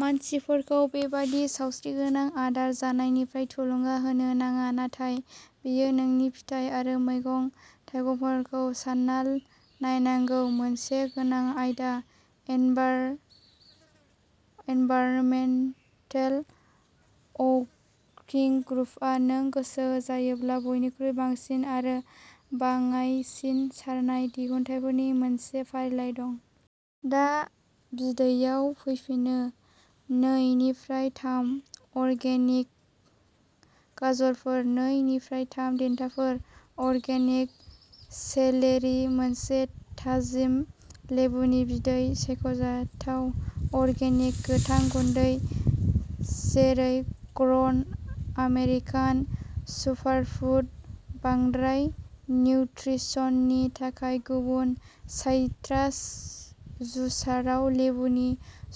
मानसिफोरखौ बेबादि सावस्रिगोनां आदार जानायनिफ्राय थुलुंगा होनो नाङा, नाथाय बेयो नोंनि फिथाइ आरो मैगं-थाइगंफोरखौ सानना नायनांगौ मोनसे गोनां आयदा। एनभार एनभाइरनमेन्टेल अवर्किं ग्रुपहा नों गोसो जायोब्ला बयनिख्रुइ बांसिन आरो बाङाइसिन सारनाय दिहुनथायफोरनि मोनसे फारिलाइ दं। दा बिदैयाव फैफिनो नै निफ्राय थाम अर्गेनिक गाजरफोर। नै निफ्राय थाम देन्थाफोरा अर्गेनिक सेलेरि। मोनसे थाजिम लेबुनि बिदै। सायख'जाथाव अर्गेनिक गोथां गुन्दै जेरै ग्र'न आमेरिकान सुपारफुड बांद्राय निउट्रिसननि थाखाय। गुबुन साइट्रास जुसाराव लेबुनि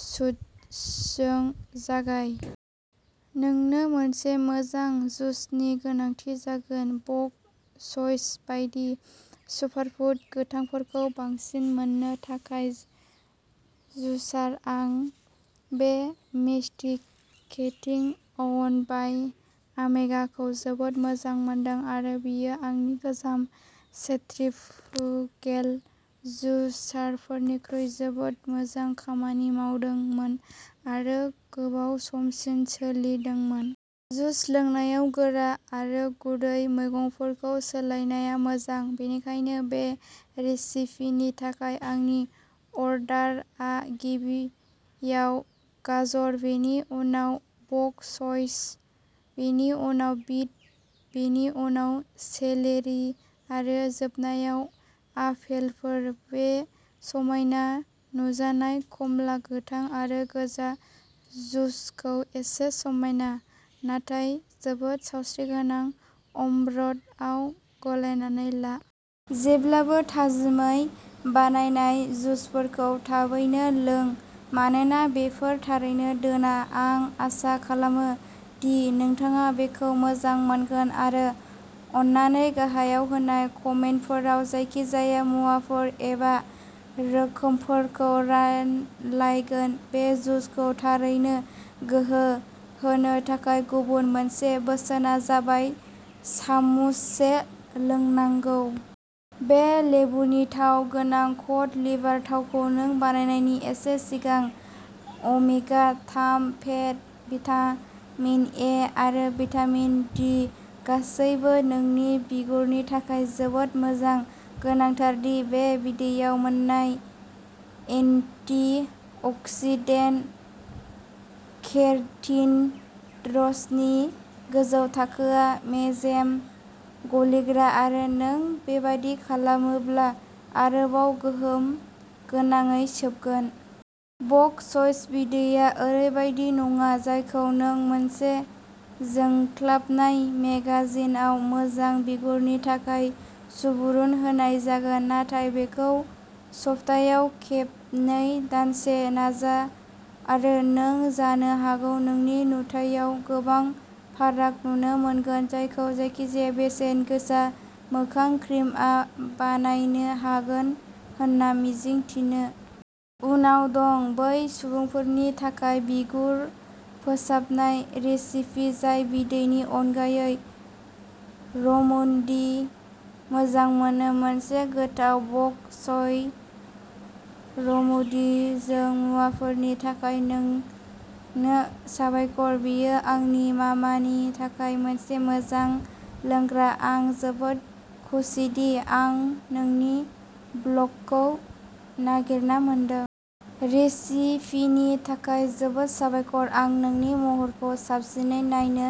जुसजों जागाय। नोंनो मोनसे मोजां जुसनि गोनांथि जागोन। बक च'य बायदि सुपारफुड गोथांफोरखौ बांसिन मोननो थाखाय जुसार। आं बे मेस्टिकेटिं अवन बाइ अमेगाखौ जोबोद मोजां मोनदों आरो बेयो आंनि गोजाम सेन्ट्रिफुगेल जुसारफोरनिख्रुइ जोबोद मोजां खामानि मावदोंमोन आरो गोबाव समसिम सोलिदोंमोन। जुस लोंनायाव गोरा आरो गुरै मैगंफोरखौ सोलायनाया मोजां, बेनिखायनो बे रेसिपिनि थाखाय आंनि अर्डारआ गिबियाव गाजर, बेनि उनाव बक च'य, बेनि उनाव बिट, बेनि उनाव सेलेरि आरो जोबनायाव आपेलफोर। बे समायना नुजानाय खमला, गोथां आरो गोजा जुसखौ एसे समायना नाथाय जोबोद सावस्रिगोनां अमृतआव गलायनानै ला। जेब्लाबो थाजिमै बानायनाय जुसफोरखौ थाबैनो लों, मानोना बेफोर थारैनो दोना। आं आसा खालामो दि नोंथाङा बेखौ मोजां मोनगोन आरो अननानै गाहायाव होनाय कमेन्टफोराव जायखिजाया मुवाफोर एबा रोखोमफोरखौ रानलायगोन। बे जुसखौ थारैनो गोहो होनो थाखाय गुबुन मोनसे बोसोना जाबाय सामुससे लोंनांगौ। बे लेबुनि थाव गोनां कड लिभार थावखौ नों बानायनायनि एसे सिगां। अमेगा-थाम फेट, भिटामिन ए आरो भिटामिन डि गासैबो नोंनि बिगुरनि थाखाय जोबोद मोजां। गोनांथार दि, बे बिदैआव मोननाय एन्टि अक्सिडेन्ट केर'टिनइड्सनि गोजौ थाखोआ मेजेम गलिग्रा आरो नों बेबादि खालामोब्ला आरोबाव गोहोम गोनाङै सोबगोन। बक च'य बिदैया ओरैबायदि नङा जायखौ नों मोनसे जोंख्लाबनाय मेगाजिनआव मोजां बिगुरनि थाखाय सुबुरुन होनाय जागोन। नाथाय बेखौ सप्तायाव खेबनै दानसे नाजा आरो नों जानो हागौ नोंनि नुथायाव गोबां फाराग नुनो मोनगोन जायखौ जायखिजाया बेसेन गोसा मोखां क्रिमआ बानायनो हागोन होनना मिजिं थिनो। उनाव दं बै सुबुंफोरनि थाखाय बिगुर फोसाबनाय रेसिपि जाय बिदैनि अनगायै रमोनदि मोजां मोनो मोनसे गोथाव बक च'य रमनदिजों। मुवाफोरनि थाखाय नोंनो साबायखर, बेयो आंनि मामानि थाखाय मोनसे मोजां लोंग्रा। आं जोबोद खुसिदि आं नोंनि ब्लगखौ नागिरना मोनदों। रेसिपिनि थाखाय जोबोद साबायखर। आं नोंनि महरखौ साबसिनै नायनो